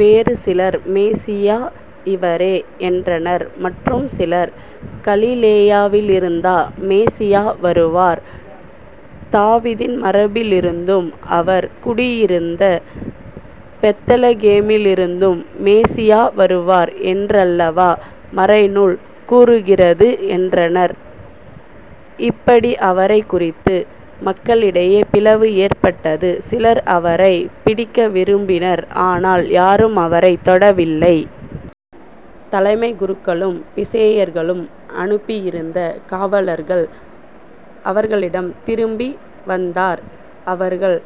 வேறு சிலர் மெசியா இவரே என்றனர். மற்றும் சிலர் கலிலேயாவிலிருந்தா மெசியா வருவார்? தாவீதின் மரபிலிருந்தும் அவர் குடியிருந்த பெத்லகேம் இலிருந்தும் மெசியா வருவார் என்றல்லவா மறைநூல் கூறுகிறது? என்றனர். இப்படி அவரைக் குறித்து மக்களிடையே பிளவு ஏற்பட்டது. சிலர் அவரைப் பிடிக்க விரும்பினர். ஆனால் யாரும் அவரைத் தொடவில்லை. தலைமைக் குருக்களும் பிசேயர்களும் அனுப்பியிருந்த காவலர்கள் அவர்களிடம் திரும்பி வந்தார். அவர்கள்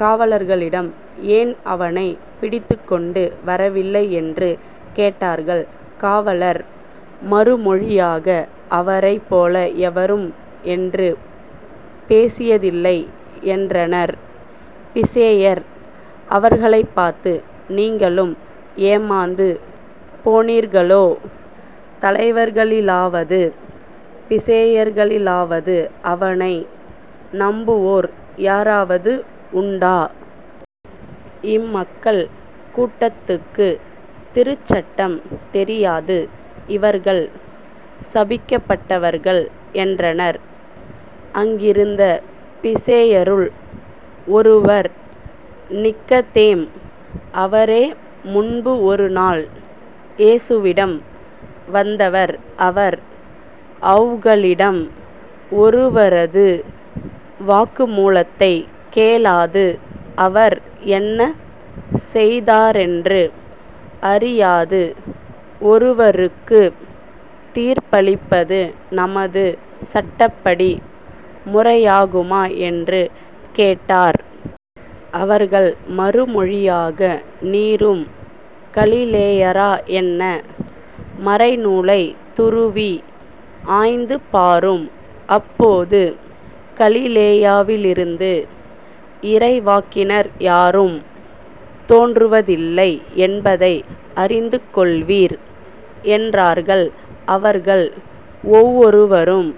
காவலர்களிடம் ஏன் அவனைப் பிடித்துக்கொண்டு வரவில்லை? என்று கேட்டார்கள். காவலர் மறுமொழியாக அவரைப் போல எவரும் என்று பேசியதில்லை என்றனர். பிசேயர் அவர்களைப் பார்த்து நீங்களும் ஏமாந்து போனீர்களோ? தலைவர்களிலாவது பிசேயர்களிலாவது அவனை நம்புவோர் யாராவது உண்டா? இம்மக்கள் கூட்டத்துக்குத் திருச்சட்டம் தெரியாது. இவர்கள் சபிக்கப்பட்டவர்கள் என்றனர். அங்கிருந்த பிசேயருள் ஒருவர் நிக்கதேம். அவரே முன்பு ஒரு நாள் இயேசுவிடம் வந்தவர். அவர் அவ்களிடம் ஒருவரது வாக்குமுலத்தைக் கேளாது அவர் என்ன செய்தாரென்று அறியாது ஒருவருக்குத் தீர்ப்பளிப்பது நமது சட்டப்படி முறையாகுமா? என்று கேட்டார். அவர்கள் மறுமொழியாக நீரும் கலிலேயரா என்ன? மறைநூலைத் துருவி ஆய்ந்து பாரும். அப்போது கலிலேயாவிலிருந்து இறைவாக்கினர் யாரும் தோன்றுவதில்லை என்பதை அறிந்துகொள்வீர் என்றார்கள். அவர்கள் ஒவ்வொருவரும்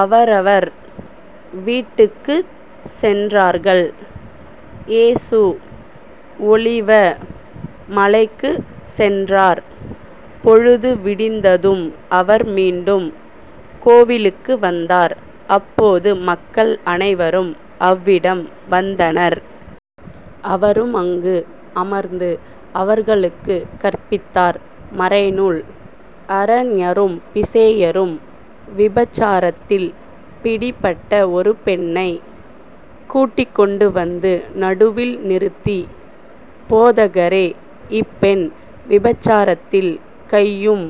அவரவர் வீட்டுக்குச் சென்றார்கள். இயேசு ஒலிவ மலைக்குச் சென்றார். பொழுது விடிந்ததும் அவர் மீண்டும் கோவிலுக்கு வந்தார். அப்போது மக்கள் அனைவரும் அவ்விடம் வந்தனர். அவரும் அங்கு அமர்ந்து அவர்களுக்குக் கற்பித்தார். மறைநூல் அறஞரும் பிசேயரும் விபசாரத்தில் பிடிபட்ட ஒரு பெண்ணைக் கூட்டிக் கொண்டு வந்து நடுவில் நிறுத்தி போதகரே இப்பெண் விபச்சாரத்தில் கையும்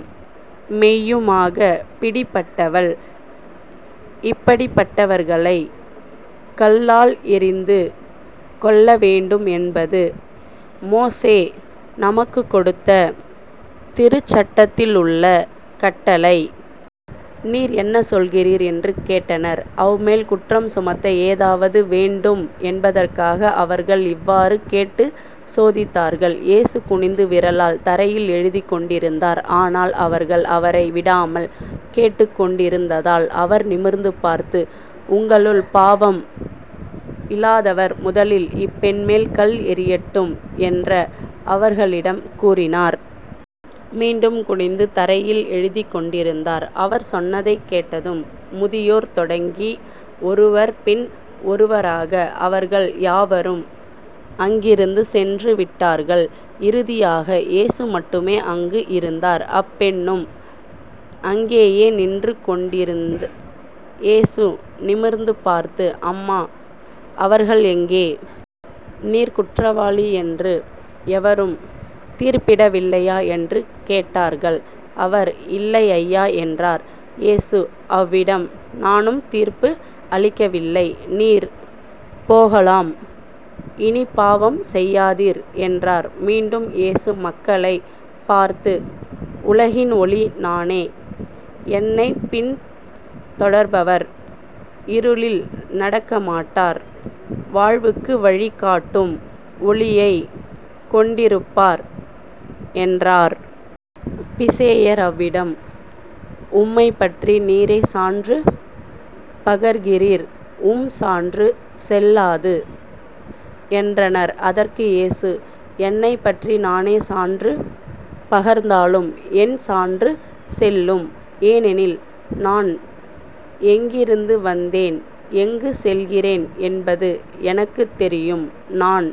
மெய்யுமாகப் பிடிப்பட்டவள். இப்படிப்பட்டவர்களைக் கல்லால் எறிந்து கொல்ல வேண்டும் என்பது மோசே நமக்குக் கொடுத்த திருச்சட்டத்திலுள்ள கட்டளை. நீர் என்ன சொல்கிறீர்? என்று கேட்டனர். அவ்மேல் குற்றம் சுமத்த ஏதாவது வேண்டும் என்பதற்காக அவர்கள் இவ்வாறு கேட்டுச் சோதித்தார்கள். இயேசு குனிந்து விரலால் தரையில் எழுதிக்கொண்டிருந்தார். ஆனால் அவர்கள் அவரை விடாமல் கேட்டுக்கொண்டிருந்ததால் அவர் நிமிர்ந்து பார்த்து உங்களுள் பாவம் இல்லாதவர் முதலில் இப்பெண்மேல் கல் எறியட்டும் என்ற அவர்களிடம் கூறினார். மீண்டும் குனிந்து தரையில் எழுதிக் கொண்டிருந்தார். அவர் சொன்னதைக் கேட்டதும் முதியோர் தொடங்கி ஒருவர் பின் ஒருவராக அவர்கள் யாவரும் அங்கிருந்து சென்று விட்டார்கள். இறுதியாக இயேசு மட்டுமே அங்கு இருந்தார். அப்பெண்ணும் அங்கேயே நின்று கொண்டிருந்த். இயேசு நிமிர்ந்து பார்த்து அம்மா அவர்கள் எங்கே? நீர் குற்றவாளி என்று எவரும் தீர்ப்பிடவில்லையா? என்று கேட்டார்கள். அவர் இல்லை ஐயா என்றார். இயேசு அவிடம்"நானும் தீர்ப்பு அளிக்கவில்லை. நீர் போகலாம். இனிப் பாவம் செய்யாதீர்" என்றார். மீண்டும் இயேசு மக்களைப் பார்த்து"உலகின் ஒளி நானே என்னைப் பின்தொடர்பவர் இருளில் நடக்கமாட்டார் வாழ்வுக்கு வழி காட்டும் ஒளியைக் கொண்டிருப்பார்" என்றார். பிசேயர் அவ்விடம் உம்மைப்பற்றி நீரே சான்று பகர்கிறீர் உம் சான்று செல்லாது என்றனர். அதற்கு இயேசு என்னைப்பற்றி நானே சான்று பகர்ந்தாலும் என் சான்று செல்லும். ஏனெனில் நான் எங்கிருந்து வந்தேன் எங்குச் செல்கிறேன் என்பது எனக்குத் தெரியும். நான்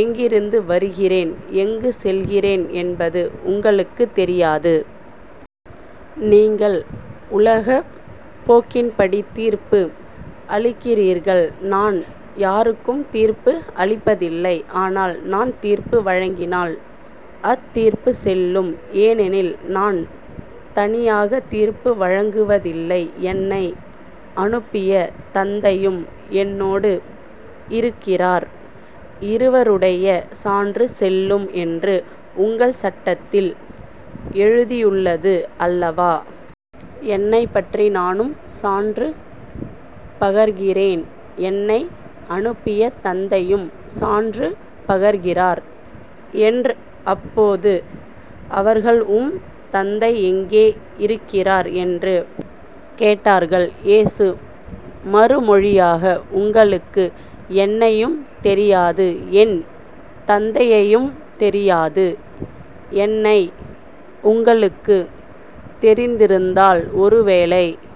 எங்கிருந்து வருகிறேன் எங்குச் செல்கிறேன் என்பது உங்களுக்குத் தெரியாது. நீங்கள் உலகப் போக்கின்படி தீர்ப்பு அளிக்கிறீர்கள். நான் யாருக்கும் தீர்ப்பு அளிப்பதில்லை. ஆனால் நான் தீர்ப்பு வழங்கினால் அத்தீர்ப்புச் செல்லும். ஏனெனில் நான் தனியாகத் தீர்ப்பு வழங்குவதில்லை என்னை அனுப்பிய தந்தையும் என்னோடு இருக்கிறார். இருவருடைய சான்று செல்லும் என்று உங்கள் சட்டத்தில் எழுதியுள்ளது அல்லவா? என்னைப்பற்றி நானும் சான்று பகர்கிறேன் என்னை அனுப்பிய தந்தையும் சான்று பகர்கிறார் என்ற். அப்போது அவர்கள் உம் தந்தை எங்கே இருக்கிறார்? என்று கேட்டார்கள். இயேசு மறுமொழியாக உங்களுக்கு என்னையும் தெரியாது என் தந்தையையும் தெரியாது. என்னை உங்களுக்குத் தெரிந்திருந்தால் ஒருவேளை